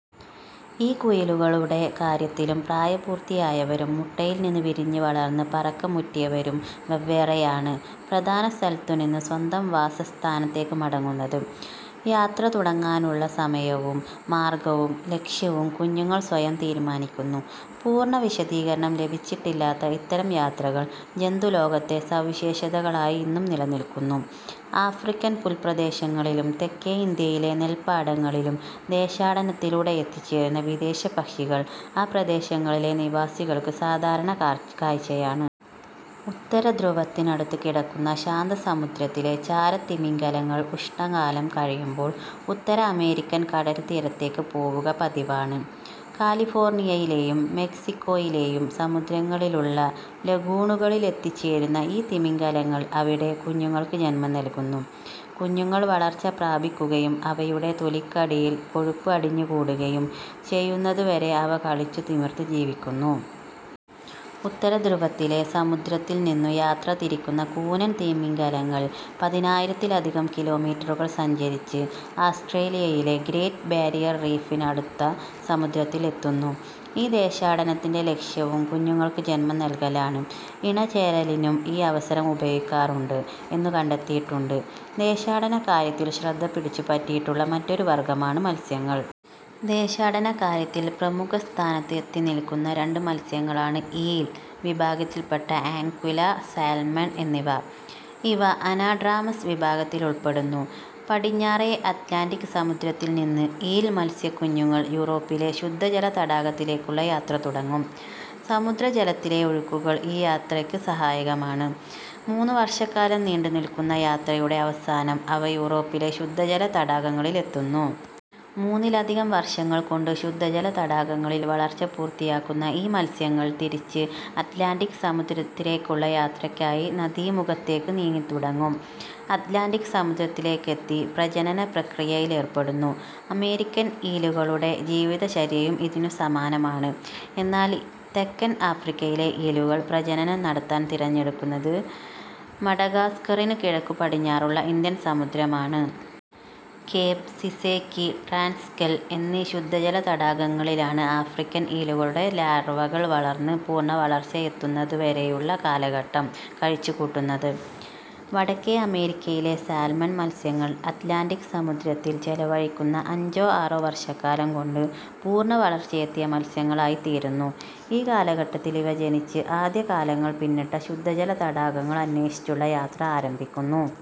ഈ കുയിലുകളുടെ കാര്യത്തിലും പ്രായപൂർത്തിയായവരും മുട്ടയിൽനിന്നു വിരിഞ്ഞ് വളർന്ന് പറക്കമുറ്റിയവരും വെവ്വേറെയാണ് പ്രധാന സ്ഥലത്തുനിന്ന് സ്വന്തം വാസസ്ഥാനത്തേക്കു മടങ്ങുന്നത്. യാത്ര തുടങ്ങാനുള്ള സമയവും മാർഗവും ലക്ഷ്യവും കുഞ്ഞുങ്ങൾ സ്വയം തീരുമാനിക്കുന്നു. പൂർണ വിശദീകരണം ലഭിച്ചിട്ടില്ലാത്ത ഇത്തരം യാത്രകൾ ജന്തുലോകത്തെ സവിശേഷതകളായി ഇന്നും നിലനില്ക്കുന്നു. ആഫ്രിക്കൻ പുൽപ്രദേശങ്ങളിലും തെക്കേ ഇന്ത്യയിലെ നെൽപ്പാടങ്ങളിലും ദേശാടനത്തിലൂടെ എത്തിച്ചേരുന്ന വിദേശപ്പക്ഷികൾ ആ പ്രദേശങ്ങളിലെ നിവാസികൾക്ക് സാധാരണ കാഴ്ചയാണ്. ഉത്തരധ്രുവത്തിനടുത്തു കിടക്കുന്ന ശാന്തസമുദ്രത്തിലെ ചാരത്തിമിംഗിലങ്ങൾ ഉഷ്ണകാലം കഴിയുമ്പോൾ ഉത്തര അമേരിക്കൻ കടൽത്തീരത്തേക്കു പോവുക പതിവാണ്. കാലിഫോർണിയയിലെയും മെക്സിക്കോയിലെയും സമുദ്രങ്ങളിലുള്ള ലഗൂണുകളിലെത്തിച്ചേരുന്ന ഈ തിമിംഗിലങ്ങൾ അവിടെ കുഞ്ഞുങ്ങൾക്ക് ജന്മം നല്കുന്നു. കുഞ്ഞുങ്ങൾ വളർച്ച പ്രാപിക്കുകയും അവയുടെ തൊലിക്കടിയിൽ കൊഴുപ്പ് അടിഞ്ഞുകൂടുകയും ചെയ്യുന്നതുവരെ അവ കളിച്ചു തിമിർത്ത് ജീവിക്കുന്നു. ഉത്തരധ്രുവത്തിലെ സമുദ്രത്തിൽനിന്നു യാത്ര തിരിക്കുന്ന കൂനൻ തിമിംഗിലങ്ങൾ പതിനായിരത്തിലധികം കിലോമീറ്ററുകൾ സഞ്ചരിച്ച് ആസ്റ്റ്രേലിയയിലെ ഗ്രേറ്റ് ബാരിയർ റീഫിനടുത്ത സമുദ്രത്തിൽ എത്തുന്നു. ഈ ദേശാടനത്തിന്റെ ലക്ഷ്യവും കുഞ്ഞുങ്ങൾക്ക് ജന്മം നല്കലാണ്. ഇണചേരലിനും ഈ അവസരം ഉപയോഗിക്കാറുണ്ട് എന്നു കണ്ടെത്തിയിട്ടുണ്ട്. ദേശാടനക്കാര്യത്തിൽ ശ്രദ്ധ പിടിച്ചുപറ്റിയിട്ടുള്ള മറ്റൊരു വർഗമാണ് മത്സ്യങ്ങൾ. ദേശാടനക്കാര്യത്തിൽ പ്രമുഖസ്ഥാനത്ത് എത്തിനില്ക്കുന്ന രണ്ട് മത്സ്യങ്ങളാണ് ഈൽ വിഭാഗത്തിൽപ്പെട്ട ആൻക്വില, സാൽമൺ എന്നിവ. ഇവ അനാഡ്രാമസ് വിഭാഗത്തിലുൾ പ്പെടുന്നു. പടിഞ്ഞാറേ അത് ലാന്റിക് സമുദ്രത്തിൽനിന്ന് ഈൽ മത്സ്യക്കുഞ്ഞുങ്ങൾ യൂറോപ്പിലെ ശുദ്ധജല തടാകത്തിലേക്കുള്ള യാത്ര തുടങ്ങും. സമുദ്രജലത്തിലെ ഒഴുക്കുകൾ ഈ യാത്രയ്ക്കു സഹായകമാണ്. മൂന്നുവർഷക്കാലം നീണ്ടുനില്ക്കുന്ന യാത്രയുടെ അവസാനം അവ യൂറോപ്പിലെ ശുദ്ധജല തടാകങ്ങളിലെത്തുന്നു. മൂന്നിലധികം വർഷങ്ങൾകൊണ്ട് ശുദ്ധജല തടാകങ്ങളിൽ വളർച്ച പൂർത്തിയാക്കുന്ന ഈ മത്സ്യങ്ങൾ തിരിച്ച് അത് ലാന്റിക് സമുദ്രത്തിലേക്കുള്ള യാത്രയ്ക്കായി നദീമുഖത്തേക്കു നീങ്ങിത്തുടങ്ങും. അത് ലാന്റിക് സമുദ്രത്തിലെത്തി പ്രജനന പ്രക്രിയയിലേർ പ്പെടുന്നു. അമേരിക്കൻ ഈലുകളുടെ ജീവിതചര്യയും ഇതിനു സമാനമാണ്. എന്നാൽ തെക്കൻ ആഫ്രിക്കയിലെ ഈലുകൾ പ്രജനനം നടത്താൻ തിരഞ്ഞെടുക്കുന്നത് മഡഗാസ്ക്കറിനു കിഴക്കുപടിഞ്ഞാറുള്ള ഇന്ത്യൻ സമുദ്രമാണ്. കേപ്, സിസേക്കി, ട്രാൻസ്കെൽ എന്നീ ശുദ്ധജല തടാകങ്ങളിലാണ് ആഫ്രിക്കൻ ഈലുകളുടെ ലാർവകൾ വളർന്ന് പൂർണവളർച്ച എത്തുന്നതുവരെയുള്ള കാലഘട്ടം കഴിച്ചുകൂട്ടുന്നത്. വടക്കേ അമേരിക്കയിലെ സാൽമൺ മത്സ്യങ്ങൾ അത് ലാന്റിക് സമുദ്രത്തിൽ ചെലവഴിക്കുന്ന അഞ്ചോ ആറോ വർഷക്കാലം കൊണ്ട് പൂർണവളർച്ചയെത്തിയ മത്സ്യങ്ങളായിത്തീരുന്നു. ഈ കാലഘട്ടത്തിൽ ഇവ, ജനിച്ച് ആദ്യകാലങ്ങൾ പിന്നിട്ട ശുദ്ധജല തടാകങ്ങൾ അന്വേഷിച്ചുള്ള യാത്ര ആരംഭിക്കുന്നു.